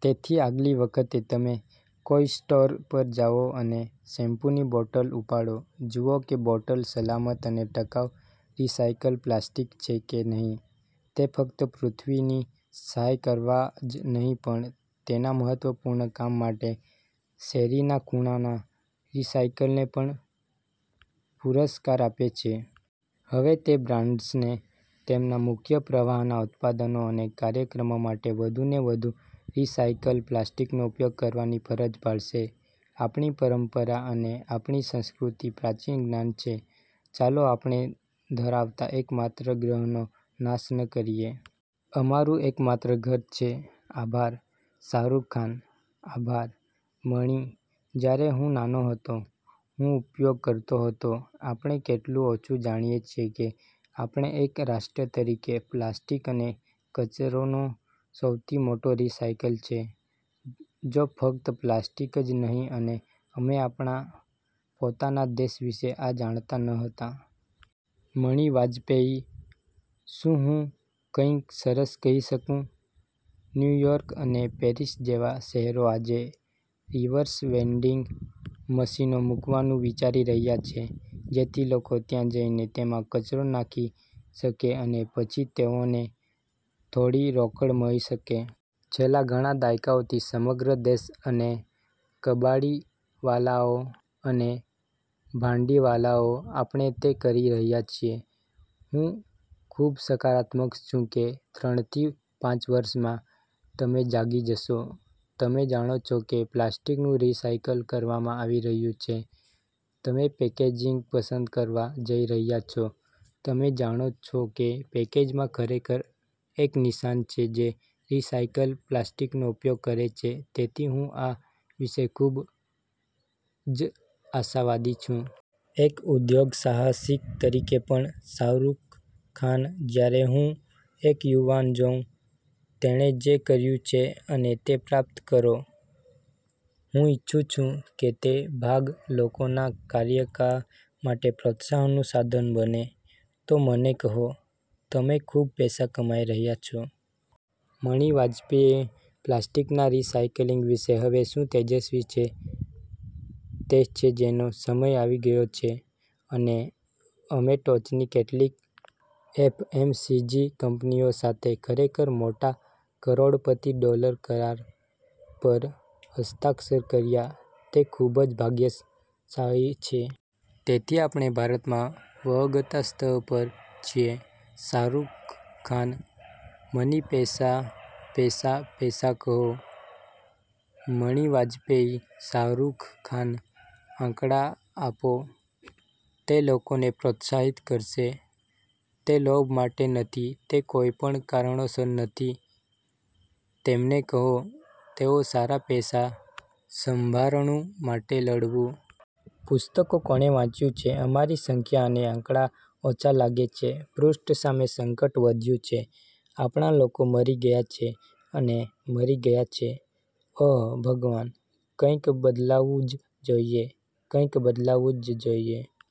તેથી આગલી વખતે તમે કોઈ સ્ટોર પર જાઓ અને શેમ્પૂની બોટલ ઉપાડો, જુઓ કે બોટલ સલામત અને ટકાઉ રિસાયકલ પ્લાસ્ટિક છે કે નહીં. તે ફક્ત પૃથ્વીની સહાય કરવા જ નહીં પણ તેના મહત્વપૂર્ણ કામ માટે શેરીના ખૂણાના રિસાયકલને પણ પુરસ્કાર આપે છે. હવે તે બ્રાન્ડ્સને તેમના મુખ્ય પ્રવાહના ઉત્પાદનો અને કાર્યક્રમો માટે વધુને વધુ રિસાયકલ પ્લાસ્ટિકનો ઉપયોગ કરવાની ફરજ પાડશે. આપણી પરંપરા અને આપણી સંસ્કૃતિ પ્રાચીન જ્ઞાન છે. ચાલો આપણે ધરાવતા એક માત્ર ગ્રહનો નાશ ન કરીએ. અમારું એક માત્ર ઘર છે. આભાર. શાહરૂખ ખાન: આભાર, મણિ. જ્યારે હું નાનો હતો, હું ઉપયોગ કરતો હતો. આપણે કેટલું ઓછું જાણીએ છીએ કે આપણે એક રાષ્ટ્ર તરીકે, પ્લાસ્ટિક અને કચરોનો સૌથી મોટો રિસાયકલ છે, જો ફક્ત પ્લાસ્ટિક જ નહીં અને અમે આપણા પોતાના દેશ વિશે આ જાણતા ન હતા. મણિ વાજપેયી: શું હું કંઈક સરસ કહી શકું? ન્યુ યોર્ક અને પેરિસ જેવા શહેરો આજે રિવર્સ વેન્ડિંગ મશીનો મૂકવાનું વિચારી રહ્યા છે, જેથી લોકો ત્યાં જઈને તેમાં કચરો નાખી શકે અને પછી તેઓને થોડી રોકડ મળી શકે. છેલ્લા ઘણા દાયકાઓથી, સમગ્ર દેશ અને કબાડીવાલાઓ, અને ભાંડીવાલાઓ, આપણે તે કરી રહ્યા છીએ. હું ખૂબ સકારાત્મક છું કે ત્રણથી પાંચ વર્ષમાં, તમે જાગી જશો, તમે જાણો છો કે પ્લાસ્ટિકનું રિસાયકલ કરવામાં આવી રહ્યું છે, તમે પેકેજિંગ પસંદ કરવા જઇ રહ્યા છો, તમે જાણો છો કે પેકેજમાં ખરેખર એક નિશાન છે જે રિસાયકલ પ્લાસ્ટિકનો ઉપયોગ કરે છે, તેથી હું આ વિશે ખૂબ જ આશાવાદી છું. એક ઉદ્યોગસાહસિક તરીકે પણ. શાહરૂખખાન:જ્યારે હું એક યુવાન જોઉં, તેણે જે કર્યું છે અને તે પ્રાપ્ત કરો, હું ઇચ્છું છું કે તે ભાગ લોકોના કાર્યકાળ માટે પ્રોત્સાહનનું સાધન બને. તો મને કહો, તમે ખૂબ પૈસા કમાઇ રહ્યા છો? મણિ વાજપેયી: પ્લાસ્ટિકના રિસાયક્લિંગ વિશે હવે શું તેજસ્વી છે તે છે જેનો સમય આવી ગયો છે અને અમે ટોચની કેટલીક એફએમસીજી કંપનીઓ સાથે ખરેખર મોટા, કરોડપતિ ડોલર કરાર પર હસ્તાક્ષર કર્યા તે ખૂબ જ ભાગ્યશાળી છે. તેથી આપણે ભારતમાં વળગતા સ્થળ પર છીએ. શાહરૂખખાન: મની, પૈસા, પૈસા, પૈસા કહો. મણિ વાજપેયી: શાહરૂખખાન, આંકડા આપો તે લોકોને પ્રોત્સાહિત કરશે, તે લોભ માટે નથી, તે કોઈપણ કારણોસર નથી. તેમને કહો. તેઓ સારા પૈસા સંભારણું માટે લડવું. પુસ્તકો કોણે વાંચ્યું છે? અમારી સંખ્યા અને આંકડા ઓછા લાગે છે પૃષ્ઠ સામે સંકટ વધ્યું છે. આપણા લોકો મરી ગયા છે અને મરી ગયા છે. ઓહ, ભગવાન. કંઈક બદલાવું જ જોઇએ. કંઈક બદલાવું જ જોઇએ.